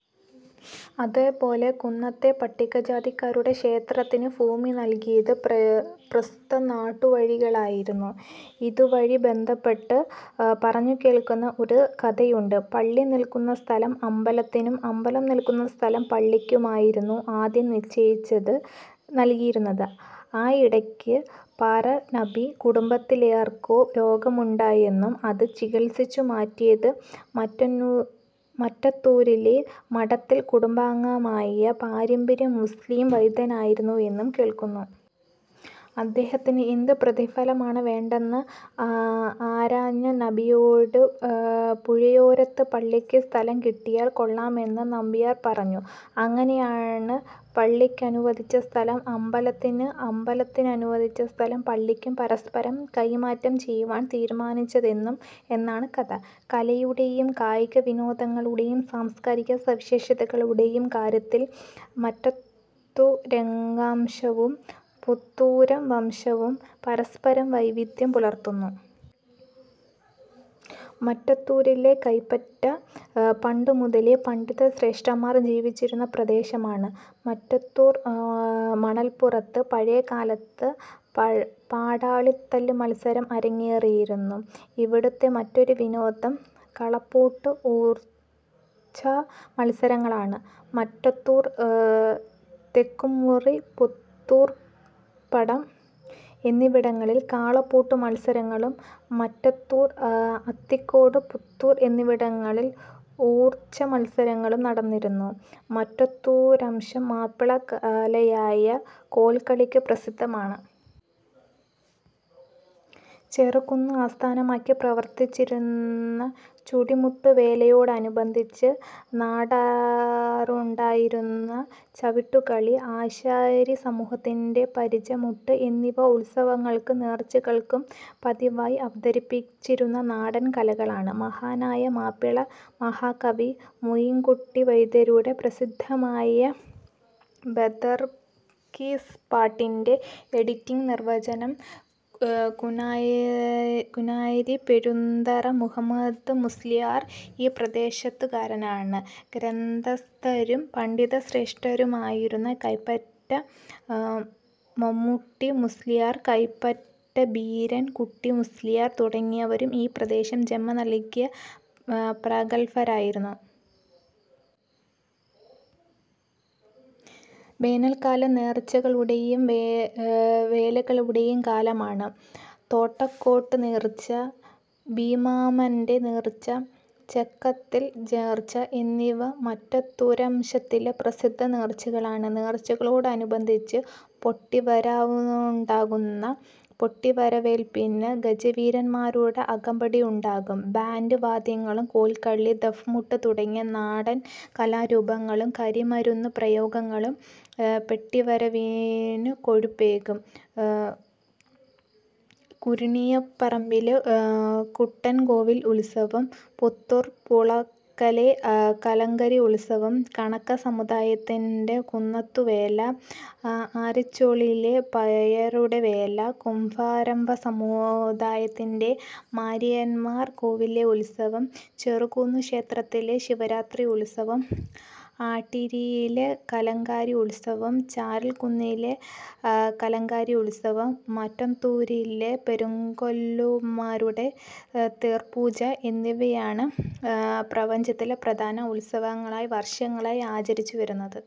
അതേപോലെ കുന്നത്തെ പട്ടികജാതിക്കാരുടെ ക്ഷേത്രത്തിനു ഭൂമി നൽകിയതും പ്രസ്തു നാടുവാഴിയായിരുന്നു. ഇതുമായി ബന്ധപ്പെട്ട് പറഞ്ഞുകേൾക്കുന്ന ഒരു കഥയുണ്ട്. പള്ളി നിൽക്കുന്ന സ്ഥലം അമ്പലത്തിനും, അമ്പലം നിൽക്കുന്ന സ്ഥലം പള്ളിക്കുമായിരുന്നു ആദ്യം നിശ്ചയിച്ചത് നൽകിയിരുന്നത്. ആയിടക്ക് പാറനമ്പി കുടുംബത്തിലാർക്കോ രോഗമുണ്ടായിയെന്നും അത് ചികിത്സിച്ചുമാറ്റിയത് മറ്റത്തൂരിലെ മഠത്തിൽ കുടുംബാംഗമായ പാരമ്പര്യ മുസ്ളീം വൈദ്യനായിരുന്നുവെന്നും കേൾക്കുന്നു. അദ്ദേഹത്തിന് എന്ത് പ്രതിഫലമാണ് വേണ്ടന്ന് ആരാഞ്ഞ നമ്പിയോട് പുഴയോരത്ത് പള്ളിക്ക് സ്ഥലം കിട്ടിയാൽ കൊള്ളാമെന്ന് നമ്പ്യാർ പറഞ്ഞു. അങ്ങനെയാണ് പള്ളിക്കനുവദിച്ച സ്ഥലം അമ്പലത്തിനും അമ്പലത്തിനനുവദിച്ച സ്ഥലം പള്ളിക്കും പരസ്പരം കൈമാറ്റം ചെയ്യാൻ തീരുമാനിക്കുന്നത് എന്നാണ് കഥ. കലയുടെയും കായികവിനോദങ്ങളുടെയും സാംസ്കാരിക സവിശേഷതകളുടേയും കാര്യത്തിൽ മറ്റത്തൂരംഗശവും പുത്തൂരംശവും പരസ്പരം വൈവിധ്യം പുലർത്തുന്നു. മറ്റത്തൂരിലെ കൈപ്പറ്റ പണ്ടു മുതലേ പണ്ഡിത ശ്രേഷ്ഠന്മാർ ജീവിച്ചിരുന്ന പ്രദേശമാണ്. മറ്റത്തൂർ മണൽപുറത്ത് പഴയകാലത്ത് പടാളിത്തല്ല് മത്സരം അരങ്ങേറിയിരുന്നു. ഇവിടുത്തെ മറ്റൊരു വിനോദം കാളപ്പൂട്ട് ഊർച്ച മത്സരങ്ങളാണ്. മറ്റത്തൂർ, തെക്കുംമുറി, പുത്തൂർപാടം എന്നിവിടങ്ങളിൽ കാളപൂട്ടുമത്സരങ്ങളും മറ്റത്തൂർ, അത്തിക്കോട്, പുത്തൂർ എന്നിവിടങ്ങളിൽ ഊർച്ചമത്സരങ്ങളും നടന്നിരുന്നു. മറ്റത്തൂരംശം മാപ്പിളകലയായ കോൽക്കളിക്ക് പ്രസിദ്ധമാണ്. ചെറുകുന്ന് ആസ്ഥാനമായി പ്രവർത്തിച്ചിരുന്ന ചുടിമുട്ടുവേലയോടനുബന്ധിച്ച് നടക്കാറുണ്ടായിരുന്ന ചവിട്ടുകളി, ആശാരിസമൂഹത്തിന്റെ പരിചമുട്ട് എന്നിവ ഉത്സവങ്ങൾക്കും നേർച്ചകൾക്കും പതിവായി അവതരിപ്പിച്ചിരുന്ന നാടൻ കലകളാണ്. മഹാനായ മാപ്പിള മഹാകവി മോയിൻകുട്ടി വൈദ്യരുടെ പ്രസിദ്ധമായ ബദർകിസ്സപ്പാട്ടിന്റെ എഡിറ്റിംഗ് നിർവ്വഹിച്ച കൂനാരി പെഴുന്തറ മുഹമ്മദ് മുസ്ള്യാർ ഈ പ്രദേശത്തുകാരനാണ്. ഗ്രന്ഥകാരനും പണ്ഡിതശ്രേഷ്ഠനുമായിരുന്ന കൈപ്പറ്റ മമ്മുട്ടി മുസ്ള്യാർ, കൈപ്പറ്റ ബീരാൻ കുട്ടി മുസ്ള്യാർ തുടങ്ങിയവരും ഈ പ്രദേശം ജന്മം നൽകിയ പ്രഗല്ഭരായിരുന്നു. വേനൽക്കാലം നേർച്ചകളുടെയും വേലകളുടെയും കാലമാണ്. തോട്ടക്കോട് നേർച്ച, ബീമാമാന്റ നേർച്ച, ചേക്കത്തിൽ നേർച്ച എന്നിവ മറ്റത്തൂരംശത്തിലെ പ്രസിദ്ധ നേർച്ചകളാണ്. നേർച്ചകളോടനുബന്ധിച്ച് പെട്ടിവരവുണ്ടാകും. പെട്ടിവരവേൽപ്പിന് ഗജവീരന്മാരുടെ അകമ്പടിയുണ്ടാകും. ബാന്റ് വാദ്യങ്ങളും, കോൽക്കളി, ദഫ്മുട്ട് തുടങ്ങിയ നാടൻകലാരൂപങ്ങളും, കരിമരുന്ന് പ്രയോഗങ്ങളും പെട്ടിവരവിനു കൊഴുപ്പേകും. കുരുണിയപ്പറമ്പിലെ കുട്ടൻകോവിൽ ഉത്സവം, പുത്തൂർ പൂളക്കലെ കലങ്കരി ഉത്സവം, കണക്ക സമുദായത്തിന്റെ കുന്നത്തുവേല, അറിച്ചോളിലെ പറയരുടെ വേല, കുംഭാര സമുദായത്തിന്റെ മാരിയമ്മർ കോവിൽ ഉത്സവം, ചെറുകുന്ന് ക്ഷേത്രത്തിലെ ശിവരാത്രി ഉത്സവം, ആട്ടീരിയിലെ കലങ്കരി ഉത്സവം, ചരൽക്കുന്നിലെ കലങ്കരി ഉത്സവം, മറ്റത്തൂരിലെ പെരുങ്കൊല്ലന്മാരുടെ തേർപൂജ എന്നിവയാണ് പ്രപഞ്ചത്തിലെ പ്രധാന ഉത്സവങ്ങളായി വർഷങ്ങളായി ആചരിച്ചു വരുന്നത്.